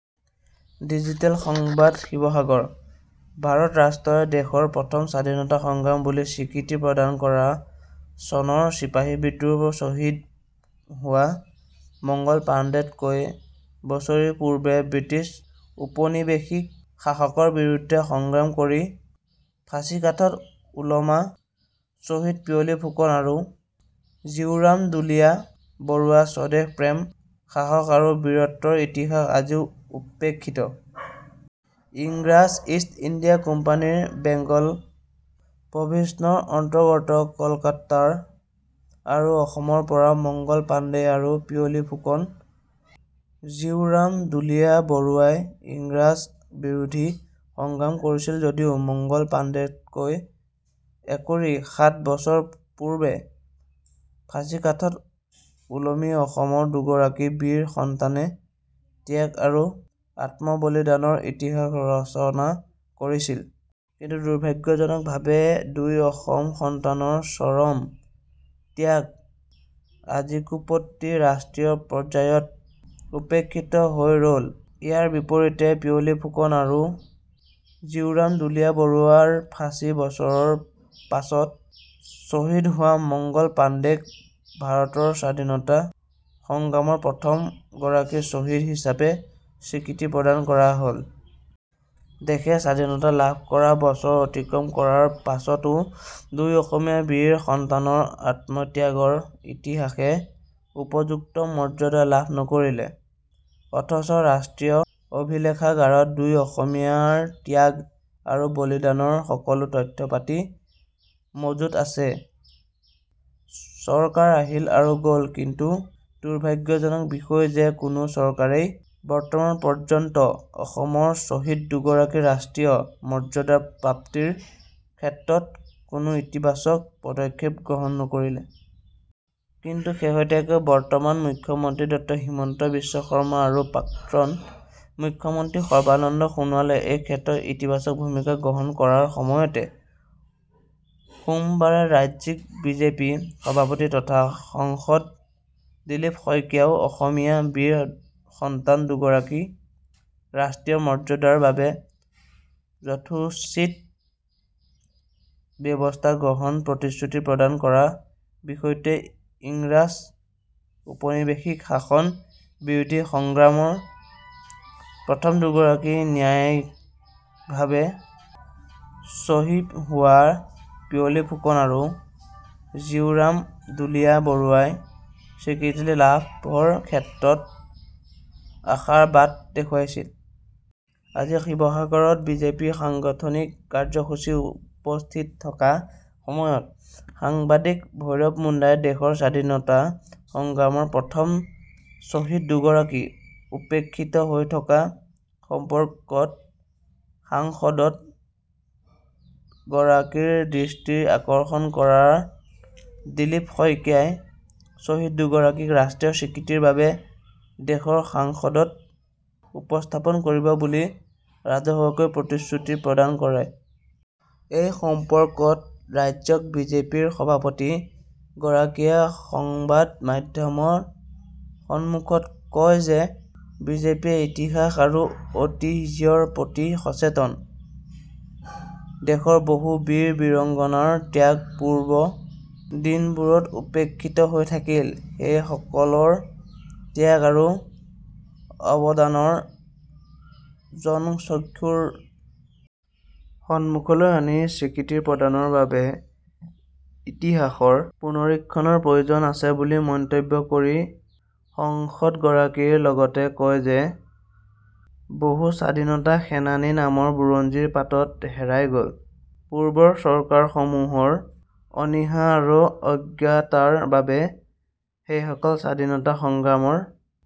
Digital সংবাদ, শিৱসাগৰঃ ভাৰত ৰাষ্ট্ৰই দেশৰ প্ৰথম স্বাধীনতা সংগ্ৰাম বুলি স্বীকৃতি প্ৰদান কৰা চনৰ চিপাহী বিদ্ৰোহত ছহিদ হোৱা মংগল পাণ্ডেতকৈ বছৰৰ পূৰ্বে ব্ৰিটিছ ঔপনিৱেশিক শাসকৰ বিৰুদ্ধে সংগ্ৰাম কৰি ফাঁচীকাঠত ওলমা ছহিদ পিয়লি ফুকন আৰু জীউৰাম দুলীয়া বৰুৱাৰ স্বদেশপ্ৰেম, সাহস আৰু বীৰত্বৰ ইতিহাস আজিও উপেক্ষিত। ইংৰাজ ইষ্ট ইণ্ডিয়া কোম্পানীৰ বেংগল প্ৰভিন্সৰ অন্তৰ্গত কলকাতা আৰু অসমৰ পৰা মংগল পাণ্ডে আৰু পিয়লি ফুকন-জীউৰাম দুলীয়া বৰুৱাই ইংৰাজ বিৰোধী সংগ্ৰাম কৰিছিল যদিও মংগল পাণ্ডেতকৈ একুৰি সাত বছৰৰ পূৰ্বেই ফাঁচীকাঠত ওলমি অসমৰ দুগৰাকী বীৰ সন্তানে ত্যাগ আৰু আত্মবলিদানৰ ইতিহাস ৰচনা কৰিছিল। কিন্তু দুৰ্ভাগ্যজনকভাৱে দুই অসম সন্তানৰ চৰম ত্যাগ আজিকোপতি ৰাষ্ট্ৰীয় পৰ্যায়ত উপেক্ষিত হৈয়ে ৰ'ল। ইয়াৰ বিপৰীতে পিয়লি ফুকন আৰু জীউৰাম দুলীয়া বৰুৱাৰ ফাঁচীৰ বছৰৰ পাছত ছহিদ হোৱা মংগল পাণ্ডেক ভাৰতৰ স্বাধীনতা সংগ্ৰামৰ প্ৰথম গৰাকী ছহিদ হিচাপে স্বীকৃতি প্ৰদান কৰা হ'ল। দেশে স্বাধীনতা লাভ কৰা বছৰ অতিক্ৰম কৰাৰ পাছতো দুই অসমীয়া বীৰ সন্তানৰ আত্মত্যাগৰ ইতিহাসে উপযুক্ত মৰ্য্যদা লাভ নকৰিলে। অথচ ৰাষ্ট্ৰীয় অভিলেখাগাৰত দুই অসমীয়াৰ ত্যাগ আৰু বলিদানৰ সকলো তথ্য-পাতি মজুত আছে। চৰকাৰ আহিল আৰু গ'ল কিন্তু দুৰ্ভাগ্যজনক বিষয় যে- কোনো চৰকাৰেই বৰ্তমান পৰ্য্যন্ত অসমৰ ছহিদ দুগৰাকীৰ ৰাষ্ট্ৰীয় মৰ্য্যদা প্ৰাপ্তিৰ ক্ষেত্ৰত কোনো ইতিবাচক পদক্ষেপ গ্ৰহণ নকৰিলে। কিন্তু শেহতীয়াকৈ বৰ্তমানৰ মুখ্যমন্ত্ৰী ড হিমন্ত বিশ্ব শৰ্মা আৰু প্ৰাক্তন মুখ্যমন্ত্ৰী সৰ্বানন্দ সোণোৱালে এই ক্ষেত্ৰত ইতিবাচক ভূমিকা গ্ৰহণ কৰাৰ সময়তে সোমবাৰে ৰাজ্যিক বিজেপিৰ সভাপতি তথা সাংসদ দিলীপ শইকীয়াইও অসমীয়া বীৰ সন্তান দুগৰাকীৰ ৰাষ্ট্ৰীয় মৰ্য্যদাৰ বাবে যথোচিত ব্যৱস্থা গ্ৰহণৰ প্ৰতিশ্ৰুতি প্ৰদান কৰা বিষয়টোৱে ইংৰাজ ঔপনিৱেশিক শাসন বিৰোধী সংগ্ৰামৰ প্ৰথম দুগৰাকী ন্যায়িকভাবে ছহিম হোৱা পিয়লি ফুকন আৰু জীউৰাম দুলীয়া বৰুৱাই স্বীকৃতি লাভৰ ক্ষেত্ৰত আশাৰ বাট দেখুৱাইছে। আজি শিৱসাগৰত বিজেপিৰ সাংগঠনিক কাৰ্য্যসূচীত উপস্থিত থকাৰ সময়ত সাংবাদিক ভৈৰব মুণ্ডাই দেশৰ স্বাধীনতা সংগ্ৰামৰ প্ৰথম ছহিদ দুগৰাকী উপেক্ষিত হৈ থকাৰ সম্পৰ্কত সাংসদ গৰাকীৰ দৃষ্টি আকৰ্ষণ কৰাত দিলীপ শইকীয়াই ছহিদ দুগৰাকীৰ ৰাষ্ট্ৰীয় স্বীকৃতিৰ বাবে দেশৰ সাংসদত উপস্থাপন কৰিব বুলি ৰাজহুৱাকৈ প্ৰতিশ্ৰুতি প্ৰদান কৰে। এই সম্পৰ্কত ৰাজ্যিক বিজেপিৰ সভাপতি গৰাকীয়ে সংবাদ মাধ্যমৰ সন্মুখত কয় যে বিজেপি ইতিহাস আৰু ঐতিহ্যৰ প্ৰতি সচেতন। দেশৰ বহু বীৰ বীৰাংগণাৰ ত্যাগ পূৰ্বৰ দিনবোৰত উপেক্ষিত হৈ থাকিল। সেই সকলৰ ত্যাগ আৰু অৱদানক জনচক্ষুৰ সন্মুখলৈ আনি স্বীকৃতি প্ৰদানৰ বাবে ইতিহাসৰ পুনৰীক্ষণৰ প্ৰয়োজন আছে বুলি মন্তব্য কৰি সাংসদগৰাকীয়ে লগতে কয় যে, বহু স্বাধীনতা সেনানীৰ নাম বুৰঞ্জীৰ পাতত হেৰাই গ'ল৷ পূৰ্বৰ চৰকাৰসমূহৰ অনীহা আৰু অজ্ঞতাৰ বাবে সেইসকল স্বাধীনতা সংগ্ৰামৰ